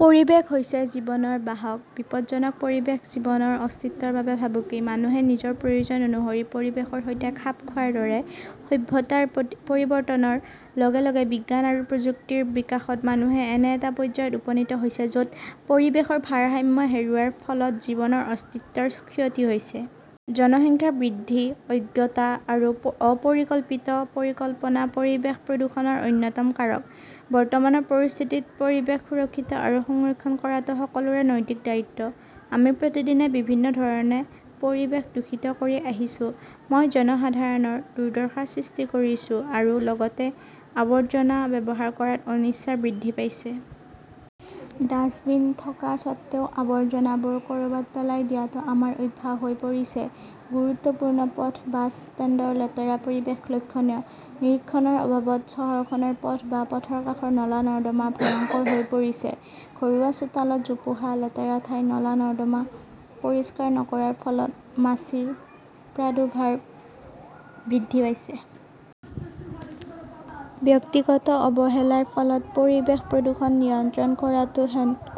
পৰিৱেশ হৈছে জীৱনৰ বাহক। বিপদজনক পৰিৱেশ জীৱনৰ অস্তিত্বৰ বাবে ভাবুকি। মানুহে নিজৰ প্ৰয়োজন অনুসৰি পৰিৱেশৰ সৈতে খাপ খোৱাৰ দৰে, সভ্যতাৰ পৰিৱৰ্তনৰ লগে লগে বিজ্ঞান আৰু প্ৰযুক্তিৰ বিকাশত মানুহে এনে এটা পৰ্যায়ত উপনীত হৈছে য 'ত পৰিৱেশৰ ভাৰসাম্য হেৰুওৱাৰ ফলত জীৱনৰ অস্তিত্বৰ ক্ষতি হৈছে। জনসংখ্যা বৃদ্ধি, অজ্ঞতা আৰু অপৰিকল্পিত পৰিকল্পনা পৰিৱেশ প্ৰদূষণৰ অন্যতম কাৰক। বৰ্তমানৰ পৰিস্থিতিত পৰিৱেশ সুৰক্ষিত আৰু সংৰক্ষণ কৰাটো সকলোৰে নৈতিক দায়িত্ব। আমি প্ৰতিদিনে বিভিন্ন ধৰণে পৰিৱেশ দূষিত কৰি আহিছো। মই জনসাধাৰণৰ দুৰ্দশাৰ সৃষ্টি কৰিছো, আৰু লগতে আৱৰ্জনা ব্যৱহাৰ কৰাত অনিচ্ছা বৃদ্ধি পাইছে। ডাস্টবিন থকা স্বত্বেও আৱৰ্জনাবোৰ ক 'ৰবাত পেলাই দিয়াটো আমাৰ অভ্যাস হৈ পৰিছে। গুৰুত্বপূৰ্ণ পথ, বাছ ষ্টেণ্ডৰ লেতেৰা পৰিৱেশ লক্ষণীয়। নিৰীক্ষণৰ অভাৱত চহৰখনৰ পথ বা পথৰ কাষৰ নলা-নৰ্দমা ভয়ংকৰ হৈ পৰিছে। ঘৰুৱা চোতালত জোপোহা, লেতেৰা ঠাই, নলা-নৰ্দমা পৰিষ্কাৰ নকৰাৰ ফলত মাছিৰ প্ৰাদুৰ্ভাৱ বৃদ্ধি পাইছে। ব্যক্তিগত অৱহেলাৰ ফলত পৰিৱেশ প্ৰদূষণ নিয়ন্ত্ৰণ কৰাটো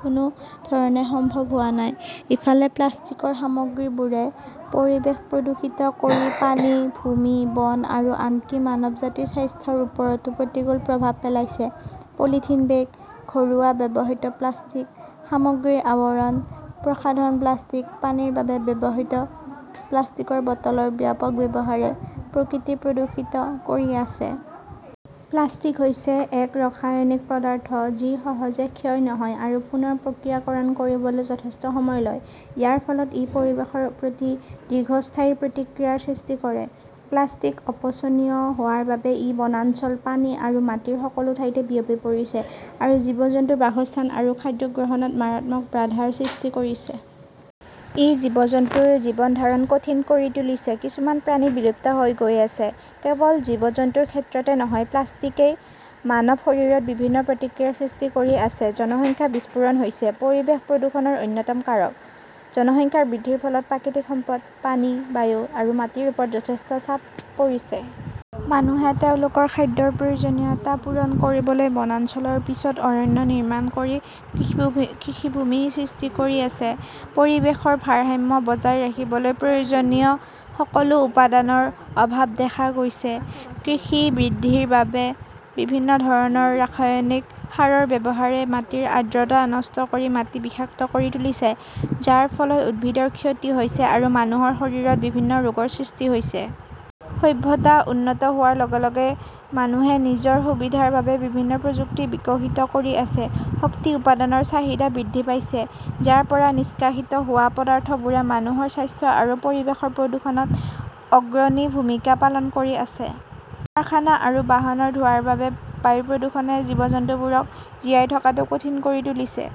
কোনো ধৰণে সম্ভৱ হোৱা নাই। ইফালে, প্লাষ্টিকৰ সামগ্ৰীবোৰে পৰিৱেশ প্ৰদূষিত কৰি পানী, ভূমি, বন আৰু আনকি মানৱজাতিৰ স্বাস্থ্যৰ ওপৰতো প্ৰতিকূল প্ৰভাৱ পেলাইছে। পলিথিন বেগ, ঘৰুৱা ব্যৱহৃত প্লাষ্টিক, সামগ্ৰীৰ আৱৰণ, প্ৰসাধন প্লাষ্টিক, পানীৰ বাবে ব্যৱহৃত প্লাষ্টিকৰ বটলৰ ব্যাপক ব্যৱহাৰে প্ৰকৃতি প্ৰদূষিত কৰি আছে। প্লাষ্টিক হৈছে এক ৰাসায়নিক পদাৰ্থ, যি সহজে ক্ষয় নহয় আৰু পুনৰ প্ৰক্ৰিয়াকৰণ কৰিবলৈ যথেষ্ট সময় লয়। ইয়াৰ ফলত ই পৰিৱেশৰ প্ৰতি দীৰ্ঘস্থায়ী প্ৰতিক্ৰিয়াৰ সৃষ্টি কৰে। প্লাষ্টিক অপচনীয় হোৱাৰ বাবে ই বনাঞ্চল, পানী আৰু মাটিৰ সকলো ঠাইতে বিয়পি পৰিছে আৰু জীৱ-জন্তুৰ বাসস্থান আৰু খাদ্য গ্ৰহণত মাৰাত্মক বাধাৰ সৃষ্টি কৰিছে। ই জীৱ-জন্তুৰ জীৱন ধাৰণ কঠিন কৰি তুলিছে। কিছুমান প্ৰাণী বিলুপ্ত হৈ গৈ আছে। কেৱল জীৱ-জন্তুৰ ক্ষেত্ৰতে নহয়, প্লাষ্টিকই মানৱ শৰীৰত বিভিন্ন প্ৰতিক্ৰিয়াৰ সৃষ্টি কৰি আছে। জনসংখ্যা বিস্ফোৰণ হৈছে পৰিৱেশ প্ৰদূষণৰ অন্যতম কাৰক। জনসংখ্যা বৃদ্ধিৰ ফলত প্ৰাকৃতিক সম্পদ, পানী, বায়ু আৰু মাটিৰ ওপৰত যথেষ্ট চাপ পৰিছে। মানুহে তেওঁলোকৰ খাদ্যৰ প্ৰয়োজনীয়তা পূৰণ কৰিবলৈ বনাঞ্চলৰ পিছত অৰণ্য নিৰ্মাণ কৰি কৃষিভূমি সৃষ্টি কৰি আছে। পৰিৱেশৰ ভাৰসাম্য বজাই ৰাখিবলৈ প্ৰয়োজনীয় সকলো উপাদানৰ অভাৱ দেখা গৈছে। কৃষি বৃদ্ধিৰ বাবে বিভিন্ন ধৰণৰ ৰাসায়নিক সাৰৰ ব্যৱহাৰে মাটিৰ আৰ্দ্ৰতা নষ্ট কৰি মাটি বিষাক্ত কৰি তুলিছে, যাৰ ফলত উদ্ভিদৰ ক্ষতি হৈছে আৰু মানুহৰ শৰীৰত বিভিন্ন ৰোগৰ সৃষ্টি হৈছে। সভ্যতা উন্নত হোৱাৰ লগে লগে মানুহে নিজৰ সুবিধাৰ বাবে বিভিন্ন প্ৰযুক্তি বিকশিত কৰি আছে, শক্তি উৎপাদনৰ চাহিদা বৃদ্ধি পাইছে, যাৰ পৰা নিষ্কাশিত হোৱা পদাৰ্থবোৰে মানুহৰ স্বাস্থ্য আৰু পৰিৱেশৰ প্ৰদূষণত অগ্ৰণী ভূমিকা পালন কৰি আছে। কাৰখানা আৰু বাহনৰ ধোঁৱাৰ বাবে বায়ু প্ৰদূষণে জীৱ-জন্তুবোৰক জীয়াই থকাটো কঠিন কৰি তুলিছে।